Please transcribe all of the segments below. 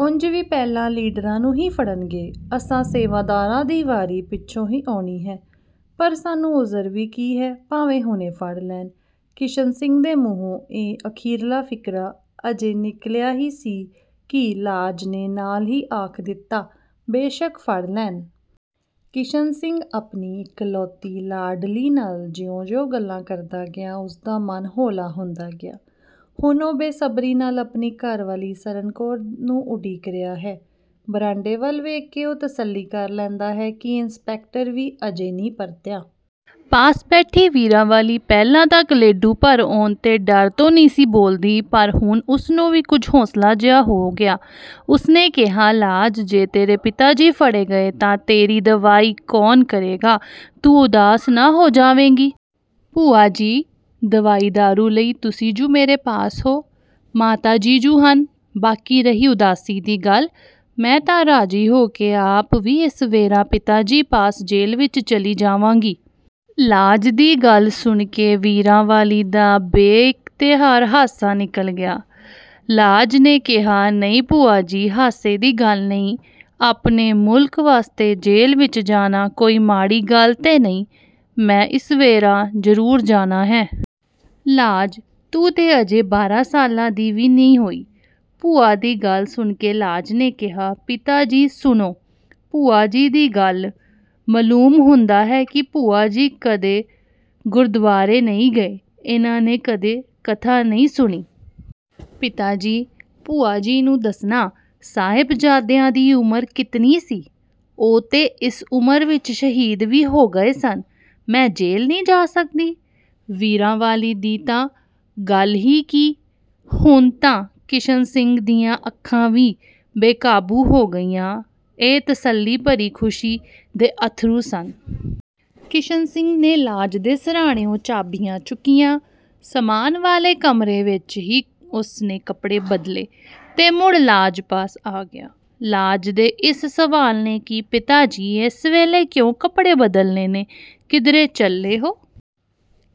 ਉਂਜ ਵੀ ਪਹਿਲਾਂ ਲੀਡਰਾਂ ਨੂੰ ਹੀ ਫੜਨਗੇ, ਅਸਾਂ ਸੇਵਾਦਾਰਾਂ ਦੀ ਵਾਰੀ ਪਿਛੋਂ ਹੀ ਆਉਣੀ ਹੈ, ਪਰ ਸਾਨੂੰ ਉਜ਼ਰ ਵੀ ਕੀ ਹੈ? ਭਾਵੇਂ ਹੁਣੇ ਫੜ ਲੈਣ। ਕਿਸ਼ਨ ਸਿੰਘ ਦੇ ਮੂੰਹੋਂ ਇਹ ਅਖੀਰਲਾ ਫ਼ਿਕਰਾ ਅਜੇ ਨਿਕਲਿਆ ਹੀ ਸੀ ਕਿ ਲਾਜ ਨੇ ਨਾਲ ਹੀ ਆਖ ਦਿੱਤਾ:- "ਬੇਸ਼ਕ ਫੜ ਲੈਣ"। ਕਿਸ਼ਨ ਸਿੰਘ ਆਪਣੀ ਇਕਲੌਤੀ ਲਾਡਲੀ ਨਾਲ ਜਿਉਂ-ਜਿਉਂ ਗੱਲਾਂ ਕਰਦਾ ਗਿਆ, ਉਸਦਾ ਮਨ ਹੌਲਾ ਹੁੰਦਾ ਗਿਆ। ਹੁਣ ਉਹ ਬੇਸਬਰੀ ਨਾਲ ਆਪਣੀ ਘਰਵਾਲੀ ਸਰਨ ਕੌਰ ਨੂੰ ਉਡੀਕ ਰਿਹਾ ਹੈ। ਬਰਾਂਡੇ ਵੱਲ ਵੇਖ ਕੇ ਉਹ ਤਸੱਲੀ ਕਰ ਲੈਂਦਾ ਹੈ ਕਿ ਇੰਸਪੈਕਟਰ ਵੀ ਅਜੇ ਨਹੀਂ ਪਰਤਿਆ। ਪਾਸ ਬੈਠੀ ਵੀਰਾਂ ਵਾਲੀ ਪਹਿਲਾਂ ਤਾਂ ਗਲੇਡੂ ਭਰ ਆਉਣ ਦੇ ਡਰ ਤੋਂ ਨਹੀਂ ਸੀ ਬੋਲਦੀ ਪਰ ਹੁਣ ਉਸ ਨੂੰ ਵੀ ਕੁਝ ਹੌਸਲਾ ਜਿਹਾ ਹੋ ਗਿਆ। ਉਸ ਨੇ ਕਿਹਾ:- "ਲਾਜ, ਜੇ ਤੇਰੇ ਪਿਤਾ ਜੀ ਫੜੇ ਗਏ ਤਾਂ ਤੇਰੀ ਦਵਾਈ ਕੌਣ ਕਰੇਗਾ, ਤੂੰ ਉਦਾਸ ਨਾ ਹੋ ਜਾਵੇਂਗੀ"? ਭੂਆ ਜੀ, ਦਵਾਈ ਦਾਰੂ ਲਈ ਤੁਸੀਂ ਜੁ ਮੇਰੇ ਪਾਸ ਹੋ, ਮਾਤਾ ਜੀ ਜੁ ਹਨ, ਬਾਕੀ ਰਹੀ ਉਦਾਸੀ ਦੀ ਗੱਲ, ਮੈਂ ਤਾਂ ਰਾਜ਼ੀ ਹੋ ਕੇ ਆਪ ਵੀ ਇਸ ਵੇਰਾਂ ਪਿਤਾ ਜੀ ਪਾਸ ਜੇਲ ਵਿੱਚ ਚਲੀ ਜਾਵਾਂਗੀ। ਲਾਜ ਦੀ ਗਲ ਸੁਣ ਕੇ ਵੀਰਾਂ ਵਾਲੀ ਦਾ ਬੇ-ਇਖਤਿਆਰ ਹਾਸਾ ਨਿਕਲ ਗਿਆ। ਲਾਜ ਨੇ ਕਿਹਾ:- "ਨਹੀਂ ਭੂਆ ਜੀ ਹਾਸੇ ਦੀ ਗੱਲ ਨਹੀਂ, ਆਪਣੇ ਮੁਲਕ ਵਾਸਤੇ ਜੇਲ ਵਿੱਚ ਜਾਣਾ ਕੋਈ ਮਾੜੀ ਗੱਲ ਤੇ ਨਹੀਂ, ਮੈਂ ਇਸ ਵੇਰਾਂ ਜ਼ਰੂਰ ਜਾਣਾ ਹੈ। ਲਾਜ, ਤੂੰ ਤੇ ਅਜੇ ਬਾਰਾਂ ਸਾਲਾਂ ਦੀ ਵੀ ਨਹੀਂ ਹੋਈ। ਭੂਆ ਦੀ ਗੱਲ ਸੁਣ ਕੇ ਲਾਜ ਨੇ ਕਿਹਾ:- "ਪਿਤਾ ਜੀ, ਸੁਣੋ ਭੂਆ ਜੀ ਦੀ ਗੱਲ, ਮਲੂਮ ਹੁੰਦਾ ਹੈ, ਕਿ ਭੂਆ ਜੀ ਕਦੇ ਗੁਰਦਵਾਰੇ ਨਹੀਂ ਗਏ, ਇਨ੍ਹਾਂ ਨੇ ਕਦੇ ਕਥਾ ਨਹੀਂ ਸੁਣੀ। ਪਿਤਾ ਜੀ, ਭੂਆ ਜੀ ਨੂੰ ਦੱਸਣਾ, ਸਾਹਿਬ-ਜ਼ਾਦਿਆਂ ਦੀ ਉਮਰ ਕਿਤਨੀ ਸੀ? ਉਹ ਤੇ ਇਸ ਉਮਰ ਵਿਚ ਸ਼ਹੀਦ ਵੀ ਹੋ ਗਏ ਸਨ, ਮੈਂ ਜੇਲ ਨਹੀਂ ਜਾ ਸਕਦੀ? ਵੀਰਾਂ ਵਾਲੀ ਦੀ ਤਾਂ ਗੱਲ ਹੀ ਕੀ, ਹੁਣ ਤਾਂ ਕਿਸ਼ਨ ਸਿੰਘ ਦੀਆਂ ਅੱਖਾਂ ਵੀ ਬੇ-ਕਾਬੂ ਹੋ ਗਈਆਂ, ਇਹ ਤਸੱਲੀ ਭਰੀ ਖ਼ੁਸ਼ੀ ਦੇ ਅੱਥਰੂ ਸਨ। ਕਿਸ਼ਨ ਸਿੰਘ ਨੇ ਲਾਜ ਦੇ ਸਰਹਾਣਿਓ ਚਾਬੀਆਂ ਚੁੱਕੀਆ, ਸਾਮਾਨ ਵਾਲੇ ਕਮਰੇ ਵਿੱਚ ਹੀ ਉਸ ਨੇ ਕੱਪੜੇ ਬਦਲੇ, ਤੇ ਮੁੜ ਲਾਜ ਪਾਸ ਆ ਗਿਆ। ਲਾਜ ਦੇ ਇਸ ਸਵਾਲ ਨੇ ਕਿ "ਪਿਤਾ ਜੀ, ਇਸ ਵੇਲੇ ਕਿਉਂ ਕੱਪੜੇ ਬਦਲਨੇ ਨੇ, ਕਿਧਰੇ ਚਲੋ ਹੋ?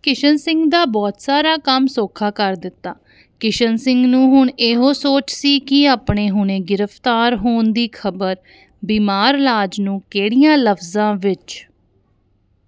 ਕਿਸ਼ਨ ਸਿੰਘ ਦਾ ਬਹੁਤ ਸਾਰਾ ਕੰਮ ਸੌਖਾ ਕਰ ਦਿੱਤਾ। ਕਿਸ਼ਨ ਸਿੰਘ ਨੂੰ ਹੁਣ ਇਹੋ ਸੋਚ ਸੀ ਕਿ ਆਪਣੇ ਹੁਣੇ ਗ੍ਰਿਫ਼ਤਾਰ ਹੋਣ ਦੀ ਖ਼ਬਰ ਬੀਮਾਰ ਲਾਜ ਨੂੰ ਕੇਹੜਿਆਂ ਲਫਜ਼ਾਂ ਵਿੱਚ